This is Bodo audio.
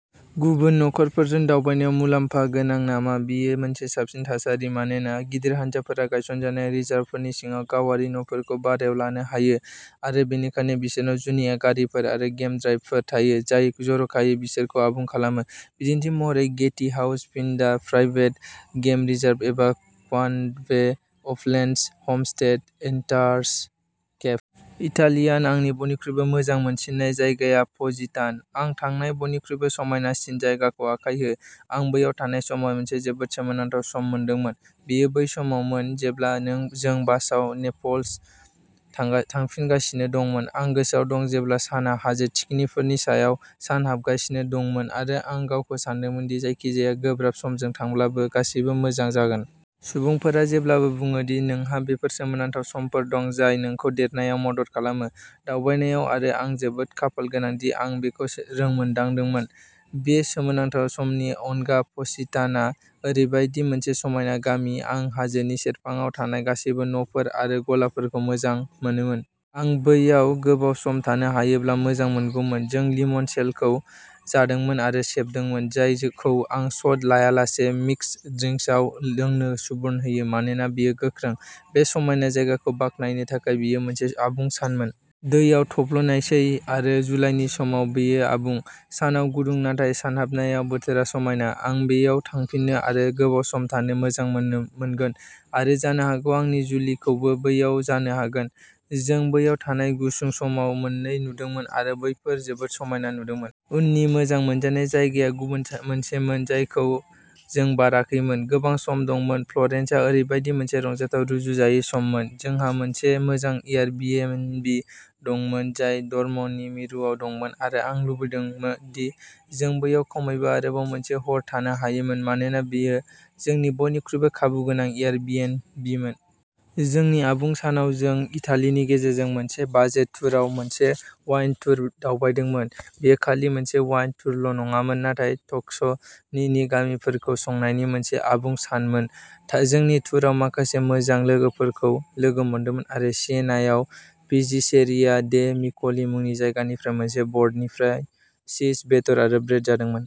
गुबुन नखरफोरजों दावबायनाया मुलाम्फा गोनां नामा? बेयो मोनसे साबसिन थासारि मानोना गिदिर हानजाफोरा गायसनजानाय रिजार्भफोरनि सिङाव गावारि न'फोरखौ भारायाव लानो हायो आरो बेनिखायनो बिसोरनाव जुनिया गारिफोर आरो गेम ड्राइभफोर थायो, जाय जर'खायै बिसोरखौ आबुं खालामो, बिदिन्थि महरै, गेटि house, Phinda private game reserve एबा Kwandwe Uplands Homestead, Eastern Cape. इटालियाव आंनि बयनिख्रुइबो मोजां मोनसिननाय जायगाया पजिटान'। आं थांनाय बयनिख्रुइबो समायनासिन जायगाखौ आखाइ हो। आं बैयाव थानाय समाव मोनसे जोबोद सोमोनांथाव सम मोनदोंमोन। बेयो बै समावमोन जेब्ला जों बासआव नेपल्स थांफिनगासिनो दंमोन। आं गोसोआव दं जेब्ला सानआ हाजो थिखिनिफोरनि सायाव सानहाबगासिनो दंमोन आरो आं गावखौ सानदोंमोन दि जायखिजाया गोब्राब समजों थांब्लाबो गासैबो मोजां जागोन। सुबुंफोरा जेब्लाबो बुङो दि नोंहा बेफोर सोमोनांथाव समफोर दं जाय नोंखौ देरनायाव मदद खालामो। दावबायनायाव आरो आं जोबोद खाफालगोनां दि आं बेखौ रोंमोन्दांदोंमोन। बे सोमोनांथाव समनि अनगा प'सितान'आ ओरैबायदि मोनसे समायना गामि। आं हाजोनि सेरफाङाव थानाय गासैबो न'फोर आरो गलाफोरखौ मोजां मोनोमोन। आं बैयाव गोबाव सम थानो हायोब्ला मोजांमोनगौमोन। जों लिमनसेल'खौ जादोंमोन आरो सेबदोंमोन, जायखौ आं शट लायालासे मिक्स ड्रिंक्सआव लोंनो सुबुरुन होयो मानोना बेयो गोख्रों। बे समायना जायगाखौ बाख्नायनो थाखाय बेयो मोनसे आबुं सानमोन। दैआव थब्लनायसै आरो जुलाइनि समाव बेयो आबुं। सानाव गुदुं नाथाय सानहाबनायाव बोथोरा समायना। आं बैयाव थांफिननो आरो गोबाव सम थानो मोजां मोनगोन आरो जानो हागौ आंनि जुलिखौबो बैयाव जानो हागोन। जों बैयाव थानाय गुसुं समाव मोननै नुदोंमोन आरो बेफोर जोबोद समायना नुदोंमोन। उननि मोजां मोनजानाय जायगाया गुबुन मोनसेमोन जायखौ जों बाराखैमोन। गोबां सम दंमोन। फ्लरेन्सआ ओरैबायदि मोनसे रंजाथाव, रुजुजायै सममोन। जोंहा मोनसे मोजां एयारबिएनबि दंमोन जाय डर्म'नि मिरुआव दंमोन आरो आं लुबैदों दि जों बैयाव खमैबो आरोबाव मोनसे हर थानो हायोमोन मानोना बेयो जोंनि बयनिख्रुइबो खाबुगोनां एयारबिएनबिमोन। जोंनि आबुं सानाव जों इटालिनि गेजेरजों मोनसे बाजेट टुरआव मोनसे वाइन टुर दावबायदोंमोन। बेयो खालि मोनसे वाइन टुरल'नङामोन, नाथाय टस्कनीनि गामिफोरखौ संनायनि मोनसे आबुं सानमोन। जोंनि टुरआव माखासे मोजां लोगोफोरखौ लोगो मोनदोंमोन आरो सियेनायाव पिजिचेरिया डे मिक'ली मुंनि जायगानिफ्राय मोनसे बर्डनिफ्राय चीज, बेदर आरो ब्रेड जादोंमोन।